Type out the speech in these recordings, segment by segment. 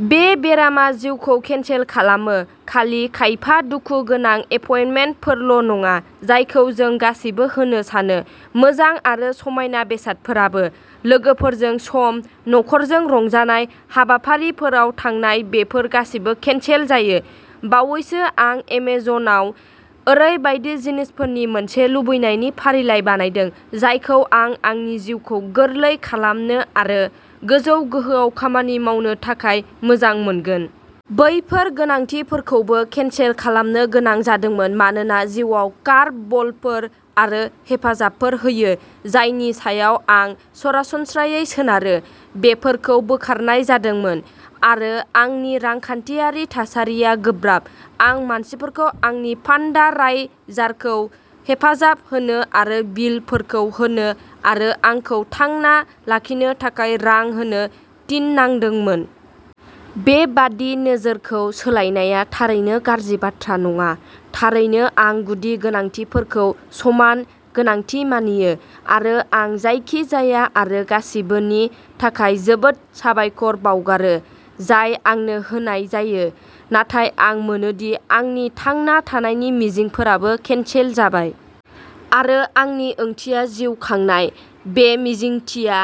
बे बेरामा जिउखौ केनसेल खालामो। खालि खायफा दुखुगोनां एपइन्टमेन्टफोरल'नङा, जायखौ जों गासैबो होनो सानो। मोजां आरो समायना बेसादफोराबो। लोगोफोरजों सम, नखरजों रंजानाय, हाबाफारिफोराव थांनायबेफोर गासैबो केनसेल जायो। बावैसो आं एमेजनआव ओरैबायदि जिनिसफोरनि मोनसे लुबैनायनि फारिलाइ बानायदों जायखौ आं आंनि जिउखौ गोरलै खालामनो आरो गोजौ गोहोआव खामानि मावनो थाखाय मोजां मोनगोन। बैफोर गोनांथिफोरखौबो केनसेल खालामनो गोनां जादोंमोन, मानोना जिउआ कार्भ बलफोर आरो हेफाजाबफोर होयो जायनि सायाव आं सरासनस्रायै सोनारो, बेफोरखौ बोखारनाय जादोंमोन, आरो आंनि रांखान्थियारि थासारिया गोब्राब। आं मानसिफोरखौ आंनि फान्डाराइजारखौ हेफाजाब होनो आरो बिलफोरखौ होनो आरो आंखौ थांना लाखिनो थाखाय रां होनो थिननांदोंमोन। बेबादि नोजोरखौ सोलायनाया थारैनो गाज्रि बाथ्रा नङा। थारैनो, आं गुदि गोनांथिफोरखौ समान गोनांथि मानियो, आरो आं जायखिजाया आरो गासिबोनि थाखाय जोबोद साबायखर बावगारो जाय आंनो होनाय जायो। नाथाय आं मोनो दि आंनि थांना थानायनि मिजिंफोराबो केनसेल जाबाय। आरो आंनि ओंथिया जिउ खांनाय। बे मिजिंथिया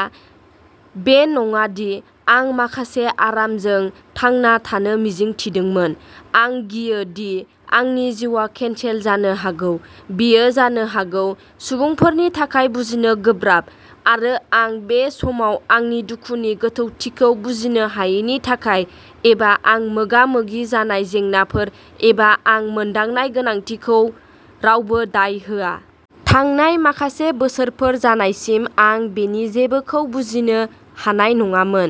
बे नङा दि आं माखासे आरामजों थांना थानो मिजिं थिदोंमोन। आं गियो दि आंनि जिउआ केनसेल जानो हागौ। बेयो जानो हागौ सुबुंफोरनि थाखाय बुजिनो गोब्राब। आरो आं बे समाव आंनि दुखुनि गोथौथिखौ बुजिनो हायैनि थाखाय, एबा आं मोगा-मोगि जानाय जेंनाफोर, एबा आं मोनदांनाय गोनांथिखौ रावबो दाय होआ। थांनाय माखासे बोसोरफोर जानायसिम आं बेनि जेबोखौ बुजिनो हानाय नङामोन,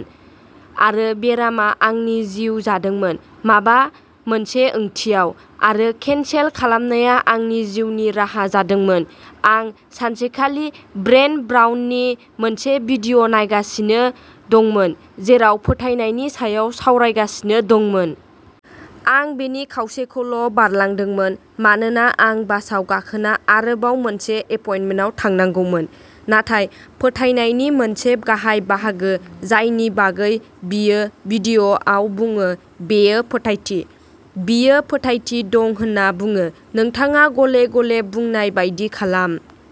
आरो बेरामआ आंनि जिउ जादोंमोन, माबा मोनसे ओंथियाव। आरो केनसेल खालामनाया आंनि जिउनि राहा जादोंमोन। आं सानसेखालि ब्रेन ब्राउननि मोनसे भिडिअ'नायगासिनो दंमोन जेराव फोथायनायनि सायाव सावरायगासिनो दंमोन। आं बेनि खावसेखौल'बारलांदोंमोन मानोना आं बासआव गाखोना आरोबाव मोनसे एपइन्टमेन्टआव थांनांगौमोन। नाथाय फोथायनायनि मोनसे गाहाय बाहागो जायनि बागै बियो भिडिअ'आव बुङो बेयो फोथायथि। बियो फोथायथि दं होनना बुङो। नोंथाङा "गले-गले" बुंनाय बायदि खालाम।